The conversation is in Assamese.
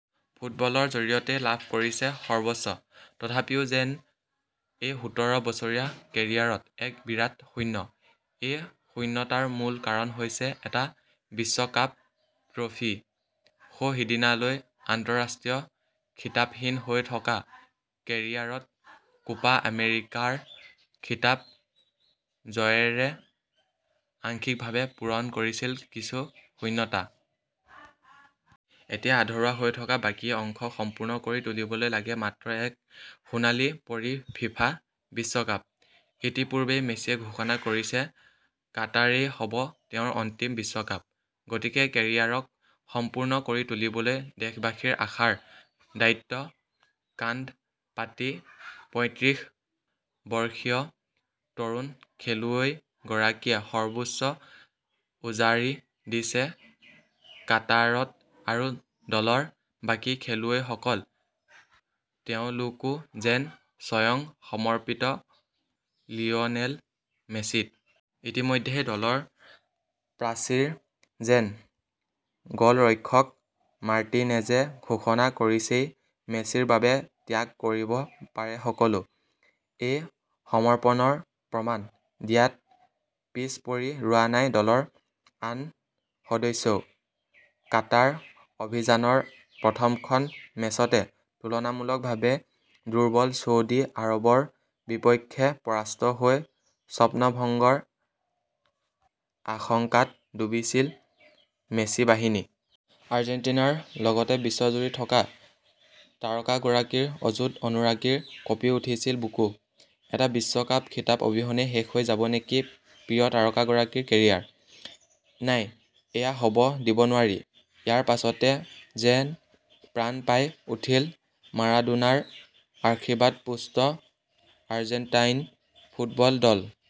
ফুটবলৰ জৰিয়তেই লাভ কৰিছে সৰ্বস্ব। তথাপিও যেন এই সোতৰ বছৰীয়া কেৰিয়াৰত এক বিৰাট শূন্য। এই শূন্যতাৰ মূল কাৰণ হৈছে এটা বিশ্বকাপ ট্ৰফী। সৌ সিদিনালৈ আন্ত:ৰাষ্ট্ৰীয় খিতাপহীন হৈ থকা কেৰিয়াৰত কোপা আমেৰিকাৰ খিতাপ জয়েৰে আংশিকভাৱে পূৰণ কৰিছিল কিছু শূন্যতা। এতিয়া আধৰুৱা হৈ থকা বাকী অংশক সম্পূৰ্ণ কৰি তুলিবলৈ লাগে মাত্ৰ এক সোণালী পৰী ফিফা বিশ্বকাপ। ইতিপূৰ্বেই মেছিয়ে ঘোষণা কৰিছে কাটাৰেই হ'ব তেওঁৰ অন্তিম বিশ্বকাপ। গতিকে কেৰিয়াৰক সম্পূৰ্ণ কৰি তুলিবলৈ দেশবাসীৰ আশাৰ দায়িত্ব কান্ধ পাতি পইত্ৰিশ বৰ্ষীয় তৰুণ খেলুৱৈগৰাকীয়ে সৰ্বোচ্চ উজাৰি দিছে কাটাৰত আৰু দলৰ বাকী খেলুৱৈসকল তেওঁলোকো যেন স্বয়ং সমৰ্পিত লিঅনেল মেছিত। ইতিমধ্যেই দলৰ প্ৰাচীৰ যেন গলৰক্ষক মাৰ্টিনেজে ঘোষণা কৰিছেই মেছিৰ বাবে ত্যাগ কৰিব পাৰে সকলো। এই সমৰ্পণৰ প্ৰমাণ দিয়াত পিছ পৰি ৰোৱা নাই দলৰ আন সদস্যও। কাটাৰ অভিযানৰ প্ৰথমখন মেচতে তুলনামূলকভাৱে দুৰ্বল চৌদি আৰৱৰ বিপক্ষে পৰাস্ত হৈ স্বপ্নভংগৰ আশংকাত ডুবিছিল মেছি বাহিনী। আৰ্জেণ্টিনাৰ লগতে বিশ্বজুৰি থকা তাৰকাগৰাকীৰ অযুত অনুৰাগীৰ কঁপি উঠিছিল বুকু। এটা বিশ্বকাপ খিতাপ অবিহনেই শেষ হৈ যাব নেকি প্ৰিয় তাৰকাগৰাকীৰ কেৰিয়াৰ। নাই এয়া হ'ব দিব নোৱাৰি। ইয়াৰ পাছতে যেন প্ৰাণ পাই উঠিল মাৰাডোনাৰ আশীৰ্বাদপুষ্ট আৰ্জেণ্টাইন ফুটবল দল।